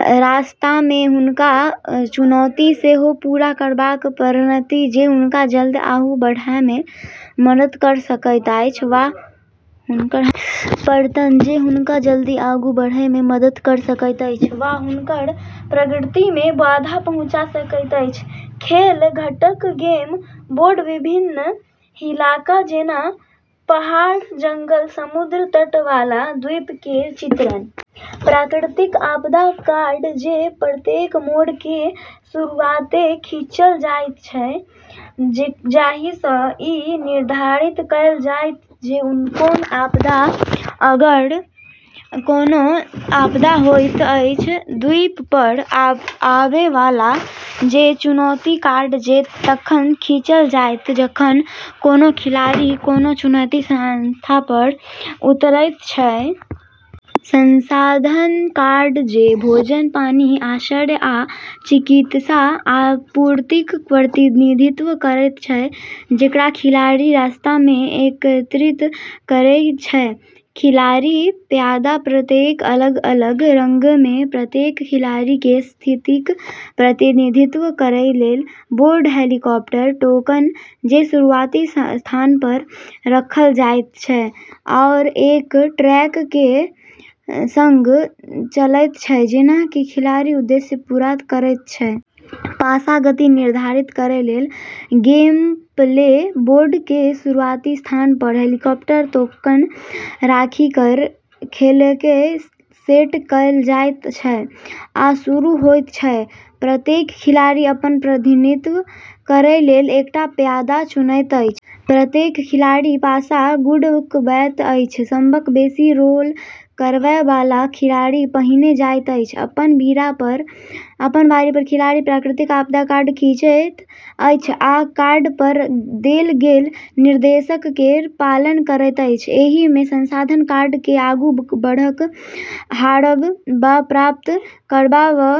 रास्तामे हुनका चुनौती सेहो पूरा करबाक पड़तनि जे हुनका जल्दी आगू बढ़ैमे मदद कऽ सकैत अछि वा हुनकर प्रगतिमे बाधा पहुँचा सकैत अछि। खेल घटक गेम बोर्ड विभिन्न इलाका जेना पहाड़ जंगल समुद्र तट वाला द्वीप केर चित्रण। प्राकृतिक आपदा कार्ड जे प्रत्येक मोड़ केर शुरुआतमे खींचल जाइत छै जाहिसँ ई निर्धारित कएल जाय जे कोन आपदा अगर कोनो आपदा होइत अछि द्वीपपर आबैवाला छै। चुनौती कार्ड जे तखन खींचल जायत जखन कोनो खिलाड़ी कोनो चुनौती स्थानपर उतरैत छै। संसाधन कार्ड जे भोजन पानी आश्रय आ चिकित्सा आपूर्तिक प्रतिनिधित्व करैत छै जे खिलाड़ी रास्तामे एकत्रित करैत छै। खिलाड़ी प्यादा प्रत्येक अलग अलग रंगमे प्रत्येक खिलाड़ी केर स्थितिक प्रतिनिधित्व करै लेल। बोर्ड हेलीकॉप्टर टोकन जे शुरुआती स्थानपर रखल जाइत छै आओर एक ट्रैक केर संग चलैत छै जेना कि खिलाड़ी उद्देश्य पूरा करैत छै। पासा गति निर्धारित करै लेल। गेमप्ले बोर्ड केर शुरुआती स्थानपर हेलीकॉप्टर टोकन राखि कऽ खेलकेँ सेट कएल जाइत छै आ शुरू होइत छै। प्रत्येक खिलाड़ी अपन प्रतिनिधित्व करै लेल एकटा प्यादा चुनैत अछि। प्रत्येक खिलाड़ी पासा गुड़कबैत अछि सबसँ बेसी रोल करैवाला खिलाड़ी पहिने जाइत अछि। अपन बारीपर खिलाड़ी प्राकृतिक आपदा कार्ड खींचैत अछि आ कार्डपर देल गेल निर्देश केर पालन करैत अछि। एहिमे संसाधन कार्डकेँ आगू बढ़ब हारब वा प्राप्त करब वा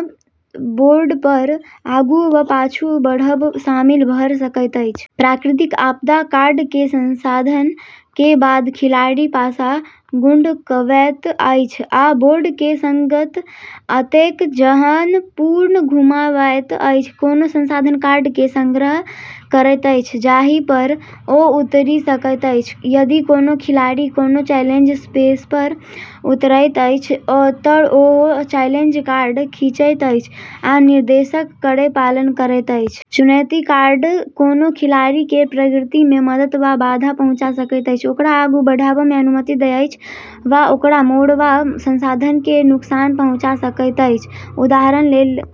बोर्डपर आगू वा पाछू बढ़ब शामिल भऽ सकैत अछि। प्राकृतिक आपदा कार्ड केर समाधान केर बाद खिलाड़ी पासा गुड़कबैत अछि आ बोर्ड केर संग ओतेक जगहपर घुमाबैत अछि कोनो संसाधन कार्ड केर संग्रह करैत अछि जाहिपर ओ उतरि सकैत अछि। यदि कोनो खिलाड़ी कोनो चैलेंज स्पेसपर उतरैत अछि तऽ ओ चैलेंज कार्ड खींचैत अछि आ निर्देश केर पालन करैत अछि। चुनौती कार्ड कोनो खिलाड़ी केर प्रगतिमे मदद वा बाधा पहुँचा सकैत अछि ओकरा आगू बढ़बाक अनुमति दैत अछि वा ओकरा मोड़ वा संसाधन केर नुकसान पहुँचा सकैत अछि उदाहरण लेल।